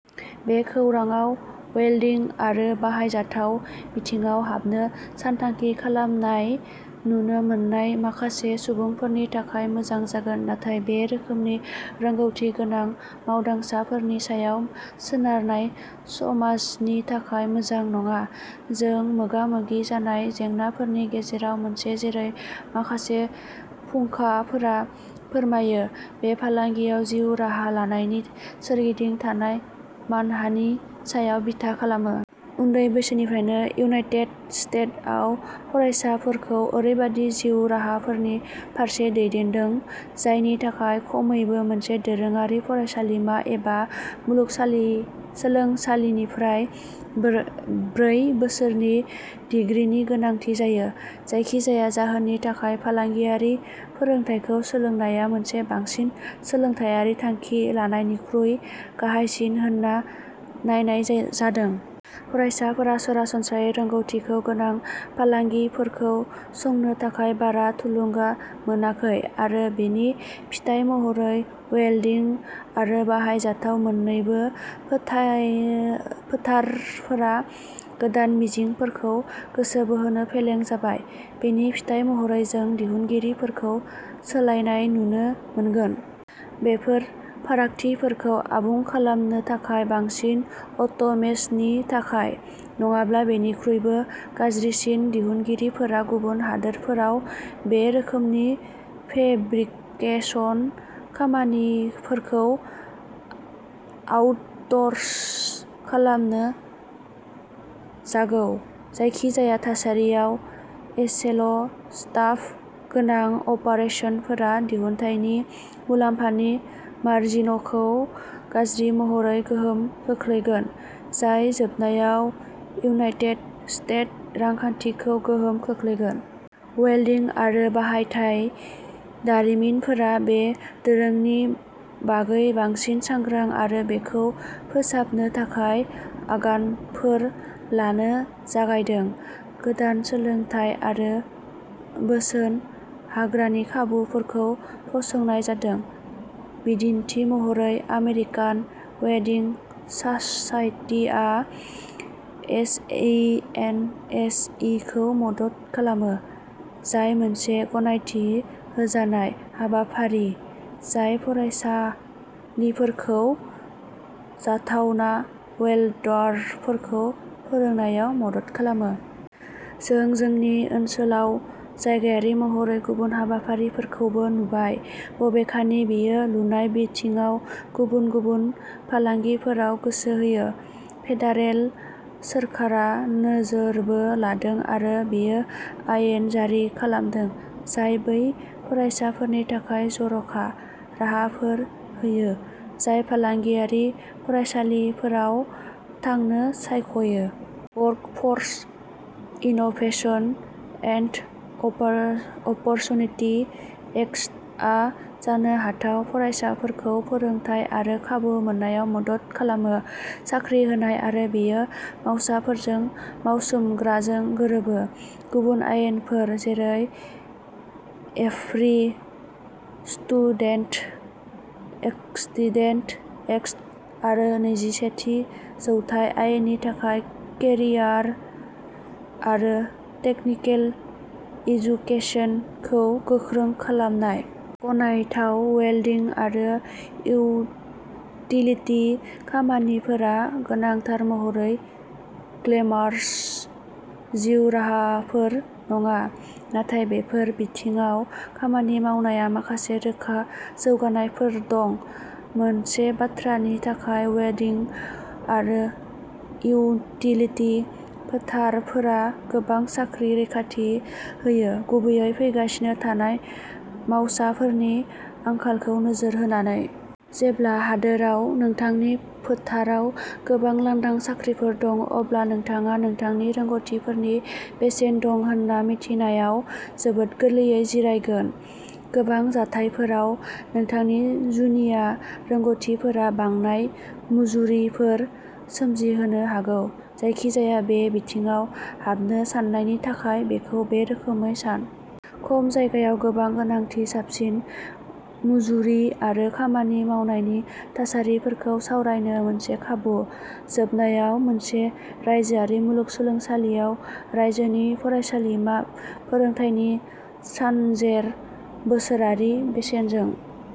बे खौरांआ वेल्डिं आरो बाहायजाथाव बिथिङाव हाबनो सानथांखि खालामनाय नुनो मोन्नाय माखासे सुबुंफोरनि थाखाय मोजां जागोन, नाथाय बे रोखोमनि रोंग'थि गोनां मावदांसाफोरनि सायाव सोनारनाय समाजनि थाखाय मोजां नङा। जों मोगा-मोगि जानाय जेंनाफोरनि गेजेराव मोनसे, जेरै माखासे फुंखाफोरा फोरमायो, बे फालांगियाव जिउ राहा लानायनि सोरगिदिं थानाय मानहानि सायाव बिथा खालामो। उन्दै बैसोनिफ्रायनो, इउनाइटेट स्टेटआव फरायसाफोरखौ ओरैबायदि जिउ राहाफोरनि फारसे दैदेनदों, जायनि थाखाय खमैबो मोनसे दोरोङारि फरायसालिमा एबा मुलुगसोलोंसालिनिफ्राय ब्रै बोसोरनि डिग्रीनि गोनांथि जायो। जायखिजाया जाहोननि थाखाय फालांगियारि फोरोंथायखौ सोलोंनाया मोनसे बांसिन सोलोंथायारि थांखि लानायनिख्रुइ गाहायसिन होनना नायनाय जादों। फरायसाफोरा सरासनस्रायै रोंग'थिखौ गोनां फालांगिफोरखौ संनो थाखाय बारा थुलुंगा मोनाखै, आरो बेनि फिथाय महरै, वेल्डिं आरो बाहायजाथाव मोन्नैबो फोथारफोरा गोदान मिजिंफोरखौ गोसो बोहोनो फेलें जाबाय। बेनि फिथाय महरै, जों दिहुनगिरिफोरखौ सोलायनाय नुनो मोनगोन। बेफोर फारागथिफोरखौ आबुं खालामनो थाखाय बांसिन अट'मेसननि थाखाय। नङाब्ला, बेनिख्रुइबो गाज्रिसिन, दिहुनगिरिफोरा गुबुन हादोरफोराव बे रोखोमनि फेब्रिकेशन खामानिफोरखौ आउटस'र्स खालामनो जागौ। जायखिजाया थासारियाव, एसेल'स्टाफ गोनां अपारेसनफोरा दिहुनथायनि मुलाम्फानि मार्जिनखौ गाज्रि महरै गोहोम खोख्लैगोन, जाय जोबनायाव इउनाइटेट स्टेट रांखान्थिखौ गोहोम खोख्लैगोन। वेल्डिं आरो बाहायथाय दारिमिनफोरा बे दोरोंनि बागै बांसिन सांग्रां आरो बेखौ फोसाबनो थाखाय आगानफोर लानो जागायदों। गोदान सोलोंथाय आरो बोसोन हाग्रानि खाबुफोरखौ फसंनाय जादों। बिदिन्थि महरै, आमेरिकान वेल्डिं सासाइटिआ S E N S E खौ मदद खालामो, जाय मोनसे गनायथि होजानाय हाबाफारि जाय फरायसालिफोरखौ जाथावना वेल्डारफोरखौ फोरोंनायाव मदद खालामो। जों जोंनि ओनसोलाव जायगायारि महरै गुबुन हाबाफारिफोरखौबो नुबाय, बबेखानि बेयो लुनाय बिथिङाव गुबुन गुबुन फालांगिफोराव गोसो होयो। फेडारेल सोरखारा नोजोरबो लादों आरो बेयो आयेन जारि खालामदों जाय बै फरायसाफोरनि थाखाय जर'खा राहाफोर होयो जाय फालांगियारि फरायसालिफोराव थांनो सायख'यो। वर्कफोर्स इनोभेशन एन्ड अपरचुनिटि एक्टआ जानो हाथाव फरायसाफोरखौ फोरोंथाय आरो खाबु मोननायाव मदद खालामो। साख्रि होनाय, आरो बेयो मावसाफोरजों मावसोमग्राजों गोरोबो। गुबुन आयेनफोर, जेरै एभरि स्टुडेन्ट सक्सीड्स एक्ट आरो नैजिसेथि जौथाय आयेननि थाखाय केरियार आरो टेकनिकेल एजुकेसनखौ गोख्रों खालामनाय। गनायथाव, वेल्डिं आरो इउटिलिति खामानिफोरा गोनांथार महरै "ग्लेमारास" जिउ राहाफोर नङा। नाथाय, बेफोर बिथिङाव खामानि मावनायाव माखासे रोखा जौगानायफोर दं। मोनसे बाथ्रानि थाखाय, वेल्डिं आरो इउटिलिति फोथारफोरा गोबां साख्रि रैखाथि होयो, गुबैयै फैगासिनो थानाय मावसाफोरनि आंखालखौ नोजोर होनानै। जेब्ला हादोराव नोंथांनि फोथाराव गोबां लांदां साख्रिफोर दं, अब्ला नोंथाङा नोंथांनि रोंग'थिफोरनि बेसेन दं होन्ना मिथिनायाव जोबोद गोरलैयै जिरायगोन। गोबां जाथायफोराव, नोंथांनि जुनिया रोंग'थिफोरा बांनाय मुजुरिफोर सोमजिहोनो हागौ। जायखिजाया बे बिथिङाव हाबनो साननायनि थाखाय बेखौ बे रोखोमै सान। खम जगायनाय गोबां गोनांथि साबसिन मुजुरि आरो खामानि मावनायनि थासारिफोरखौ सावरायनो मोनसे खाबु। जोबनायाव, मोनसे रायजोआरि मुलुगसोलोंसालियाव रायजोनि फरायसालिमा फोरोंथायनि सानजेर बोसोरारि बेसेनजों।